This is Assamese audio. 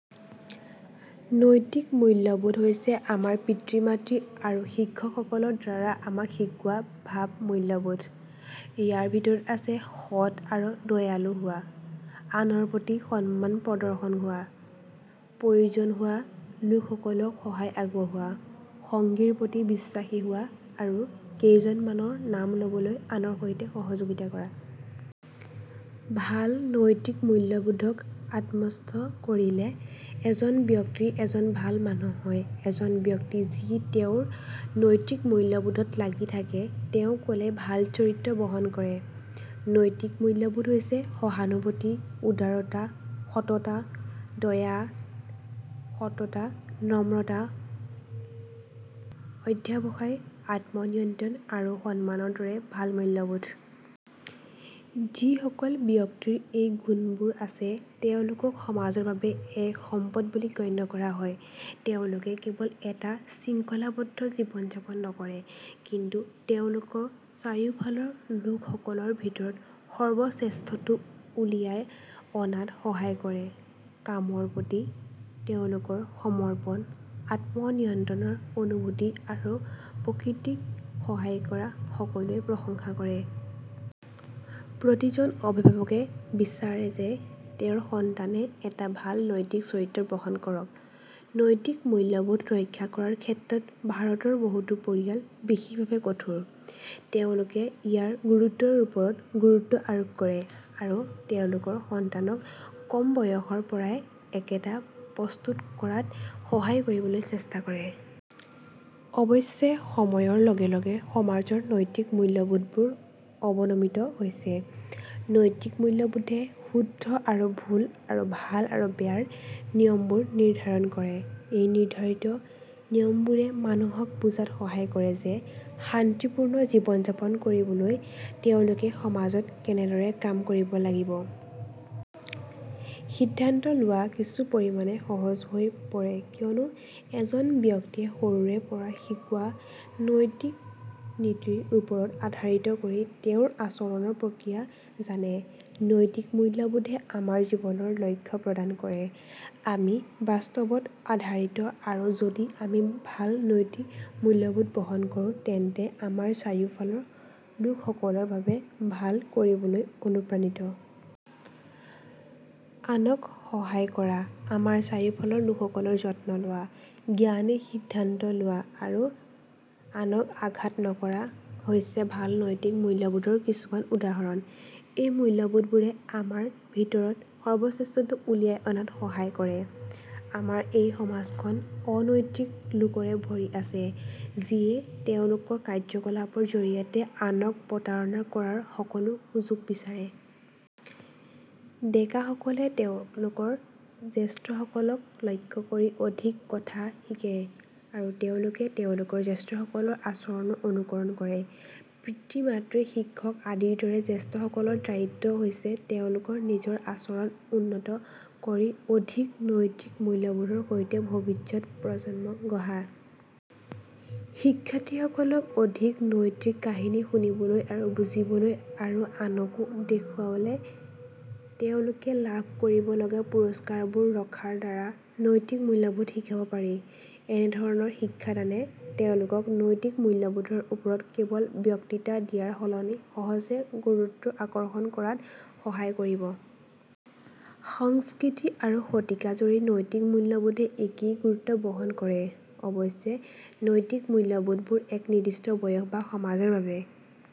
নৈতিক মূল্যবোধ হৈছে আমাৰ পিতৃ-মাতৃ আৰু শিক্ষকসকলৰ দ্বাৰা আমাক শিকোৱা ভাল মূল্যবোধ। ইয়াৰ ভিতৰত আছে সৎ আৰু দয়ালু হোৱা, আনৰ প্ৰতি সন্মান প্ৰদৰ্শন কৰা, প্ৰয়োজনহোৱা লোকসকলক সহায় আগবঢ়োৱা, সঙ্গীৰ প্ৰতি বিশ্বাসী হোৱা আৰু কেইজনমানৰ নাম ল'বলৈ আনৰ সৈতে সহযোগিতা কৰা। ভাল নৈতিক মূল্যবোধক আত্মস্থ কৰিলে এজন ব্যক্তি এজন ভাল মানুহ হয়। এজন ব্যক্তি যি তেওঁৰ নৈতিক মূল্যবোধত লাগি থাকে তেওঁ ক'লে ভাল চৰিত্ৰ বহন কৰে। নৈতিক মূল্যবোধ হৈছে সহানুভূতি, উদাৰতা, সততা, দয়া, সততা, নম্ৰতা, অধ্যৱসায়, আত্ম নিয়ন্ত্ৰণ আৰু সন্মানৰ দৰে ভাল মূল্যবোধ। যিসকল ব্যক্তিৰ এই গুণবোৰ আছে তেওঁলোকক সমাজৰ বাবে এক সম্পদ বুলি গণ্য কৰা হয়। তেওঁলোকে কেৱল এটা শৃংখলাবদ্ধ জীৱন যাপন নকৰে কিন্তু তেওঁলোকৰ চাৰিওফালৰ লোকসকলৰ ভিতৰত সৰ্বশ্ৰেষ্ঠটো উলিয়াই অনাত সহায় কৰে। কামৰ প্ৰতি তেওঁলোকৰ সমৰ্পণ, আত্ম নিয়ন্ত্ৰণৰ অনুভূতি আৰু প্ৰকৃতিক সহায় কৰা সকলোৱে প্ৰশংসা কৰে। প্ৰতিজন অভিভাৱকে বিচাৰে যে তেওঁৰ সন্তানে এটা ভাল নৈতিক চৰিত্ৰ বহন কৰক। নৈতিক মূল্যবোধ ৰক্ষা কৰাৰ ক্ষেত্ৰত ভাৰতৰ বহুতো পৰিয়াল বিশেষভাৱে কঠোৰ। তেওঁলোকে ইয়াৰ গুৰুত্বৰ ওপৰত গুৰুত্ব আৰোপ কৰে আৰু তেওঁলোকৰ সন্তানক কম বয়সৰ পৰাই একেটা প্ৰস্তুত কৰাত সহায় কৰিবলৈ চেষ্টা কৰে। অৱশ্যে, সময়ৰ লগে লগে সমাজৰ নৈতিক মূল্যবোধবোৰ অৱনমিত হৈছে। নৈতিক মূল্যবোধে শুদ্ধ আৰু ভুল আৰু ভাল আৰু বেয়াৰ নিয়মবোৰ নিৰ্ধাৰণ কৰে। এই নিৰ্ধাৰিত নিয়মবোৰে মানুহক বুজাত সহায় কৰে যে শান্তিপূৰ্ণ জীৱন যাপন কৰিবলৈ তেওঁলোকে সমাজত কেনেদৰে কাম কৰিব লাগিব। সিদ্ধান্ত লোৱা কিছু পৰিমাণে সহজ হৈ পৰে কিয়নো এজন ব্যক্তিয়ে সৰুৰে পৰা শিকোৱা নৈতিক নীতিৰ ওপৰত আধাৰিত কৰি তেওঁৰ আচৰণৰ প্ৰতিক্ৰিয়া জানে। নৈতিক মূল্যবোধে আমাক জীৱনৰ লক্ষ্য প্ৰদান কৰে। আমি বাস্তৱত আধাৰিত আৰু যদি আমি ভাল নৈতিক মূল্যবোধ বহন কৰোঁ তেন্তে আমাৰ চাৰিওফালৰ লোকসকলৰ বাবে ভাল কৰিবলৈ অনুপ্ৰাণিত। আনক সহায় কৰা, আমাৰ চাৰিওফালৰ লোকসকলৰ যত্ন লোৱা, জ্ঞানী সিদ্ধান্ত লোৱা আৰু আনক আঘাত নকৰা হৈছে ভাল নৈতিক মূল্যবোধৰ কিছুমান উদাহৰণ। এই মূল্যবোধবোৰে আমাৰ ভিতৰত সৰ্বশ্ৰেষ্ঠটো উলিয়াই অনাত সহায় কৰে। আমাৰ এই সমাজখন অনৈতিক লোকৰে ভৰি আছে যিয়ে তেওঁলোকৰ কাৰ্য্যকলাপৰ জৰিয়তে আনক প্ৰতাৰণা কৰাৰ সকলো সুযোগ বিচাৰে। ডেকা সকলে তেওঁলোকৰ জ্যেষ্ঠসকলক লক্ষ্য কৰি অধিক কথা শিকে আৰু তেওঁলোকে তেওঁলোকৰ জ্যেষ্ঠসকলৰ আচৰণৰ অনুকৰণ কৰে। পিতৃ-মাতৃ, শিক্ষক আদিৰ দৰে জ্যেষ্ঠসকলৰ দায়িত্ব হৈছে তেওঁলোকৰ নিজৰ আচৰণ উন্নত কৰি অধিক নৈতিক মূল্যবোধৰ সৈতে ভৱিষ্যত প্ৰজন্ম গঢ়া। শিক্ষাৰ্থীসকলক অধিক নৈতিক কাহিনী শুনিবলৈ আৰু বুজিবলৈ আৰু আনকো দেখুৱালে তেওঁলোকে লাভ কৰিব লগা পুৰষ্কাৰবোৰ ৰখাৰ দ্বাৰা নৈতিক মূল্যবোধ শিকাব পাৰি। এনেধৰণৰ শিক্ষাদানে তেওঁলোকক নৈতিক মূল্যবোধৰ ওপৰত কেৱল বক্তৃতা দিয়াৰ সলনি সহজে গুৰুত্ব আকৰ্ষণ কৰাত সহায় কৰিব। সংস্কৃতি আৰু শতিকাজুৰি নৈতিক মূল্যবোধে একেই গুৰুত্ব বহন কৰে। অৱশ্যে, নৈতিক মূল্যবোধবোৰ এক নিৰ্দিষ্ট বয়স বা সমাজৰ বাবে